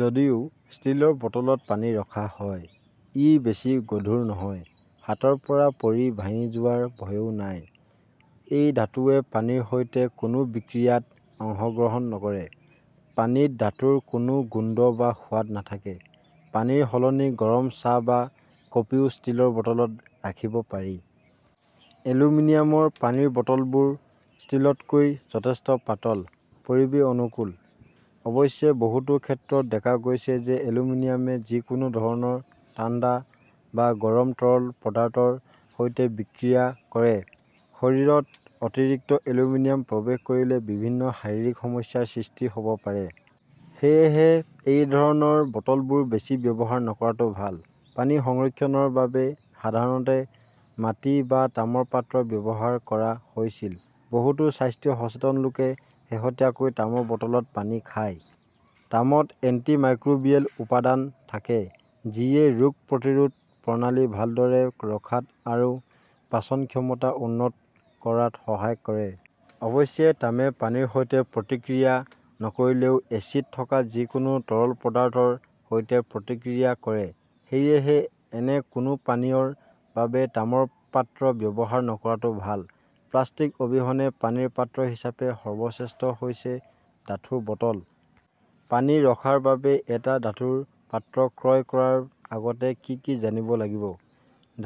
যদিও ষ্টীলৰ বটলত পানী ৰখা হয়, ই বেছি গধুৰ নহয়। হাতৰ পৰা পৰি ভাঙি যোৱাৰ ভয়ও নাই। এই ধাতুৱে পানীৰ সৈতে কোনো বিক্ৰিয়াত অংশগ্ৰহণ নকৰে। পানীত ধাতুৰ কোনো গোন্ধ বা সোৱাদ নাথাকে। পানীৰ সলনি গৰম চাহ বা কফিও ষ্টীলৰ বটলত ৰাখিব পাৰি। এলুমিনিয়ামৰ পানীৰ বটলবোৰ ষ্টীলতকৈ যথেষ্ট পাতল, পৰিৱেশ অনুকূল। অৱশ্যে, বহুতো ক্ষেত্ৰত দেখা গৈছে যে এলুমিনিয়ামে যিকোনো ধৰণৰ ঠাণ্ডা বা গৰম তৰল পদাৰ্থৰ সৈতে বিক্ৰিয়া কৰে। শৰীৰত অতিৰিক্ত এলুমিনিয়াম প্ৰৱেশ কৰিলে বিভিন্ন শাৰীৰিক সমস্যাৰ সৃষ্টি হ'ব পাৰে। সেয়েহে এই ধৰণৰ বটলবোৰ বেছি ব্যৱহাৰ নকৰাটো ভাল। পানী সংৰক্ষণৰ বাবে সাধাৰণতে মাটি বা তামৰ পাত্ৰ ব্যৱহাৰ কৰা হৈছিল। বহুতো স্বাস্থ্য সচেতন লোকে শেহতীয়াকৈ তামৰ বটলত পানী খায়। তামত এন্টিমাইক্ৰোবিয়েল উপাদান থাকে। যিয়ে ৰোগ প্ৰতিৰোধ প্ৰণালী ভালদৰে ৰখাত আৰু পাচন ক্ষমতা উন্নত কৰাত সহায় কৰে। অৱশ্যে তামে পানীৰ সৈতে প্ৰতিক্ৰিয়া নকৰিলেও এচিড থকা যিকোনো তৰল পদাৰ্থৰ সৈতে প্ৰতিক্ৰিয়া কৰে। সেয়েহে, এনে কোনো পানীয়ৰ বাবে তামৰ পাত্ৰ ব্যৱহাৰ নকৰাটো ভাল। প্লাষ্টিক অবিহনে পানীৰ পাত্ৰ হিচাপে সৰ্বশ্ৰেষ্ঠ হৈছে ধাতুৰ বটল। পানী ৰখাৰ বাবে এটা ধাতুৰ পাত্ৰ ক্ৰয় কৰাৰ আগতে কি কি জানিব লাগিব?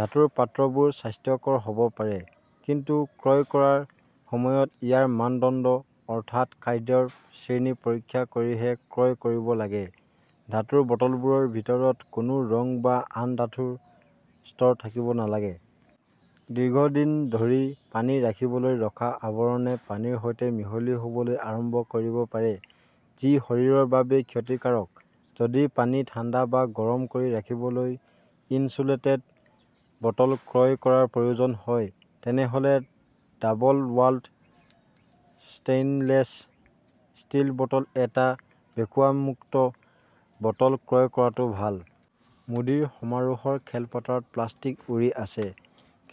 ধাতুৰ পাত্ৰবোৰ স্বাস্থ্যকৰ হ'ব পাৰে, কিন্তু ক্ৰয় কৰাৰ সময়ত ইয়াৰ মানদণ্ড, অৰ্থাৎ খাদ্যৰ শ্ৰেণী পৰীক্ষা কৰিহে ক্ৰয় কৰিব লাগে। ধাতুৰ বটলবোৰৰ ভিতৰত কোনো ৰং বা আন ধাতুৰ স্তৰ থাকিব নালাগে। দীৰ্ঘদিন ধৰি পানী ৰাখিবলৈ ৰখা আৱৰণে পানীৰ সৈতে মিহলি হ'বলৈ আৰম্ভ কৰিব পাৰে। যি শৰীৰৰ বাবে ক্ষতিকাৰক। যদি পানী ঠাণ্ডা বা গৰম কৰি ৰাখিবলৈ 'ইনচুলেটেড' বটল ক্ৰয় কৰাৰ প্ৰয়োজন হয়, তেনেহ'লে double walled stainless steel bottle এটা ভেকুৱামযুক্ত বটল ক্ৰয় কৰাটো ভাল। মোদীৰ সমাৰোহৰ খেলপথাৰত প্লাষ্টিক উৰি আছে,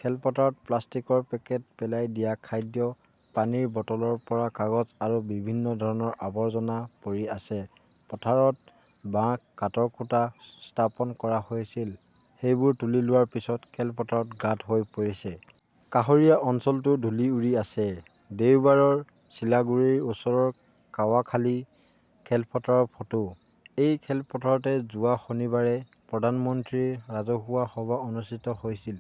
খেলপথাৰত প্লাষ্টিকৰ পেকেট, পেলাই দিয়া খাদ্য, পানীৰ বটলৰ পৰা কাগজ আৰু বিভিন্ন ধৰণৰ আৱৰ্জনা পৰি আছে। পথাৰত বাঁহ, কাঠৰ খুঁটা স্থাপন কৰা হৈছিল। সেইবোৰ তুলি লোৱাৰ পিছত খেলপথাৰত গাঁত হৈ পৰিছে। কাষৰীয়া অঞ্চলতো ধূলি উৰি আছে। দেওবাৰৰ চিলাগুৰিৰ ওচৰৰ কাৱাখালি খেলপথাৰৰ ফটো। এই খেলপথাৰতে যোৱা শনিবাৰে প্ৰধানমন্ত্ৰীৰ ৰাজহুৱা সভা অনুষ্ঠিত হৈছিল।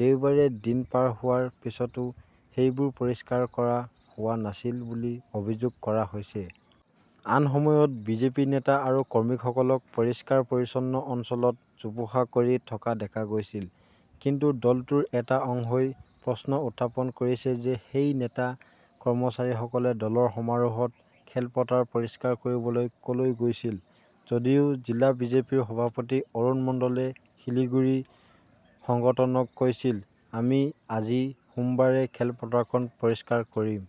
দেওবাৰে দিন পাৰ হোৱাৰ পিছতো সেইবোৰ পৰিষ্কাৰ কৰা হোৱা নাছিল বুলি অভিযোগ কৰা হৈছে। আন সময়ত বিজেপি নেতা আৰু কৰ্মীসকলক পৰিষ্কাৰ-পৰিচ্ছন্ন অঞ্চলত জোপোহা কৰি থকা দেখা গৈছিল। কিন্তু দলটোৰ এটা অংশই প্ৰশ্ন উত্থাপন কৰিছে যে সেই নেতা, কৰ্মচাৰীসকলে দলৰ সমাৰোহত খেলপথাৰ পৰিষ্কাৰ কৰিবলৈ ক'লৈ গৈছিল। যদিও জিলা বিজেপিৰ সভাপতি অৰুণ মণ্ডলে শিলিগুড়ি সংগঠনক কৈছিল, "আমি আজি সোমবাৰে খেলপথাৰখন পৰিষ্কাৰ কৰিম।"